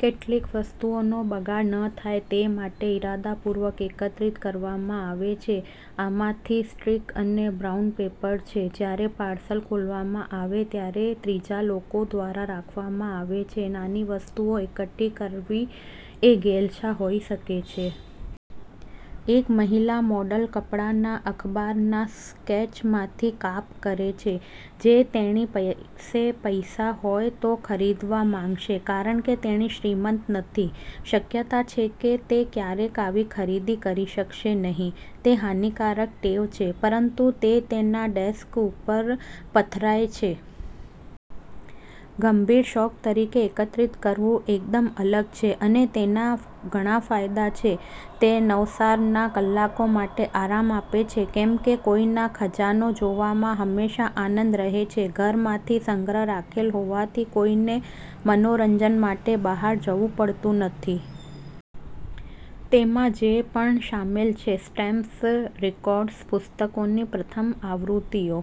કેટલીક વસ્તુઓ બગાડ ન થાય તે માટે ઇરાદાપૂર્વક એકત્રિત કરવામાં આવે છે. આમાંથી સ્ટ્રિંગ અને બ્રાઉન પેપર છે, જ્યારે પાર્સલ ખોલવામાં આવે ત્યારે ત્રીજા લોકો દ્વારા રાખવામાં આવે છે. નાની વસ્તુઓ એકઠી કરવી એ ઘેલછા હોઈ શકે છે. એક મહિલા મોડેલ કપડાના અખબારના સ્કેચમાંથી કાપ કરે છે જે તેણી પાસે પૈસા હોય તો ખરીદવા ગમશે. કારણ કે તેણી શ્રીમંત નથી, શક્યતા છે કે તે ક્યારેય આવી ખરીદી કરી શકશે નહીં. તે હાનિકારક ટેવ છે, પરંતુ તે તેના ડેસ્ક ઉપર પથરાય છે. ગંભીર શોખ તરીકે એકત્રિત કરવું એકદમ અલગ છે અને તેના ઘણા ફાયદા છે. તે નવરાશના કલાકો માટે આરામ આપે છે, કેમ કે કોઈના ખજાનો જોવામાં હંમેશા આનંદ રહે છે. ઘરમાંથી સંગ્રહ રાખેલ હોવાથી કોઈને મનોરંજન માટે બહાર જવુ પડતું નથી. તેમાં જે પણ શામેલ છે સ્ટેમ્પ્સ, રેકોર્ડ્સ, પુસ્તકોની પ્રથમ આવૃત્તિઓ,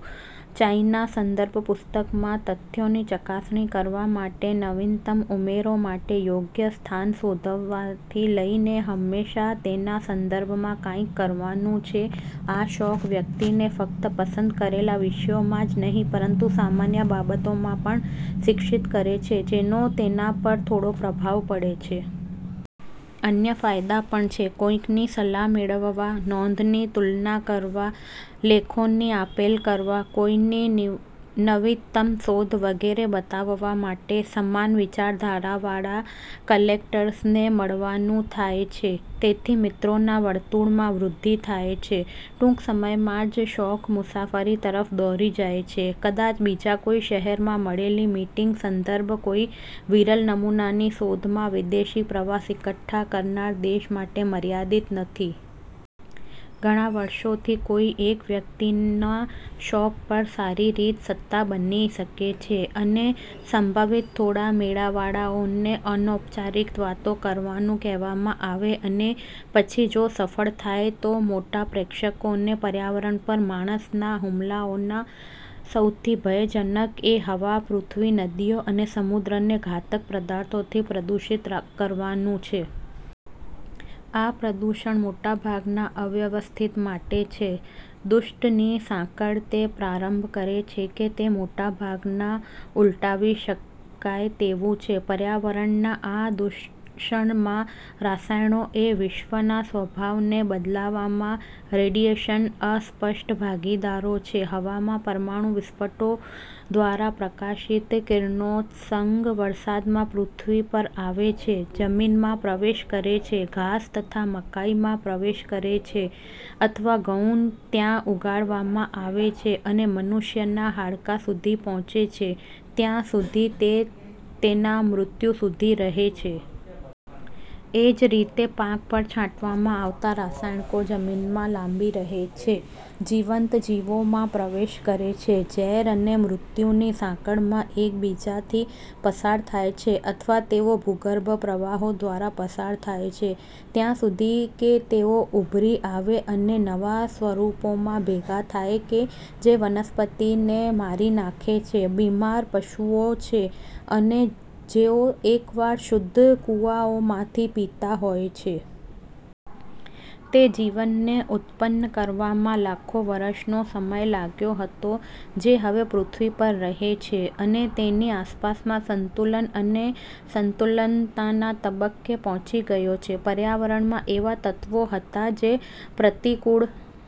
ચાઇના સંદર્ભ પુસ્તકોમાં તથ્યોની ચકાસણી કરવા માટે નવીનતમ ઉમેરો માટે યોગ્ય સ્થાન શોધવાથી લઈને, હંમેશાં તેના સંબંધમાં કંઈક કરવાનું છે. આ શોખ વ્યક્તિને ફક્ત પસંદ કરેલા વિષયમાં જ નહીં, પરંતુ સામાન્ય બાબતોમાં પણ શિક્ષિત કરે છે જેનો તેના પર થોડો પ્રભાવ પડે છે. અન્ય ફાયદા પણ છે. કોઈને સલાહ મેળવવા, નોંધોની તુલના કરવા, લેખોની આપલે કરવા, કોઈની નવીનતમ શોધ વગેરે બતાવવા માટે સમાન વિચારધારાવાળા કલેક્ટર્સને મળવાનું થાય છે. તેથી, મિત્રોના વર્તુળમાં વૃદ્ધિ થાય છે. ટૂંક સમયમાં જ શોખ મુસાફરી તરફ દોરી જાય છે, કદાચ બીજા કોઈ શહેરમાં મળેલી મીટિંગ, સંભવત કોઈ વિરલ નમૂનાની શોધમાં વિદેશ પ્રવાસ, એકઠા કરનારા દેશ માટે મર્યાદિત નથી. ઘણા વર્ષોથી કોઈ એક વ્યક્તિના શોખ પર સારી રીતે સત્તા બની શકે છે અને સંભવત થોડું મેળાવડાઓને અનૌપચારિક વાતો કરવાનું કહેવામાં આવશે અને પછી જો સફળ થાય તો મોટા પ્રેક્ષકોને. પર્યાવરણ પર માણસના હુમલાઓમાં સૌથી ભયજનક એ હવા, પૃથ્વી, નદીઓ અને સમુદ્રને ઘાતક પદાર્થોથી દૂષિત કરવાનું છે. આ પ્રદૂષણ મોટાભાગના અવ્યવસ્થિત માટે છે. દુષ્ટની સાંકળ તે પ્રારંભ કરે છે તે મોટાભાગના ઉલટાવી શકાય તેવું છે. પર્યાવરણના આ દૂષણમાં રસાયણો એ વિશ્વના સ્વભાવને બદલવામાં રેડિયેશનના અસ્પષ્ટ ભાગીદારો છે. હવામાં પરમાણુ વિસ્ફોટો દ્વારા પ્રકાશિત કિરણોત્સર્ગ, વરસાદમાં પૃથ્વી પર આવે છે, જમીનમાં પ્રવેશ કરે છે, ઘાસ અથવા મકાઈમાં પ્રવેશ કરે છે અથવા ઘઉં ત્યાં ઉગાડવામાં આવે છે અને મનુષ્યના હાડકાં સુધી પહોંચે છે, ત્યાં સુધી તે તેના મૃત્યુ સુધી રહે છે. એ જ રીતે, પાક પર છાંટવામાં આવતા રસાયણો, જમીનમાં લાંબી રહે છે, જીવંત જીવોમાં પ્રવેશ કરે છે, ઝેર અને મૃત્યુની સાંકળમાં એક બીજાથી પસાર થાય છે. અથવા તેઓ ભૂગર્ભ પ્રવાહો દ્વારા પસાર થાય છે ત્યાં સુધી કે તેઓ ઉભરી આવે અને નવા સ્વરૂપોમાં ભેગા થાય કે જે વનસ્પતિને મારી નાખે છે, બીમાર પશુઓ છે અને જેઓ એકવાર શુદ્ધ કુવાઓમાંથી પીતા હોય છે. તે જીવનને ઉત્પન્ન કરવામાં લાખો વર્ષોનો સમય લાગ્યો હતો જે હવે પૃથ્વી પર રહે છે અને તેની આસપાસના સંતુલન અને સંતુલનના તબક્કે પહોંચી ગયો છે. પર્યાવરણમાં એવા તત્વો હતા જે પ્રતિકૂળ.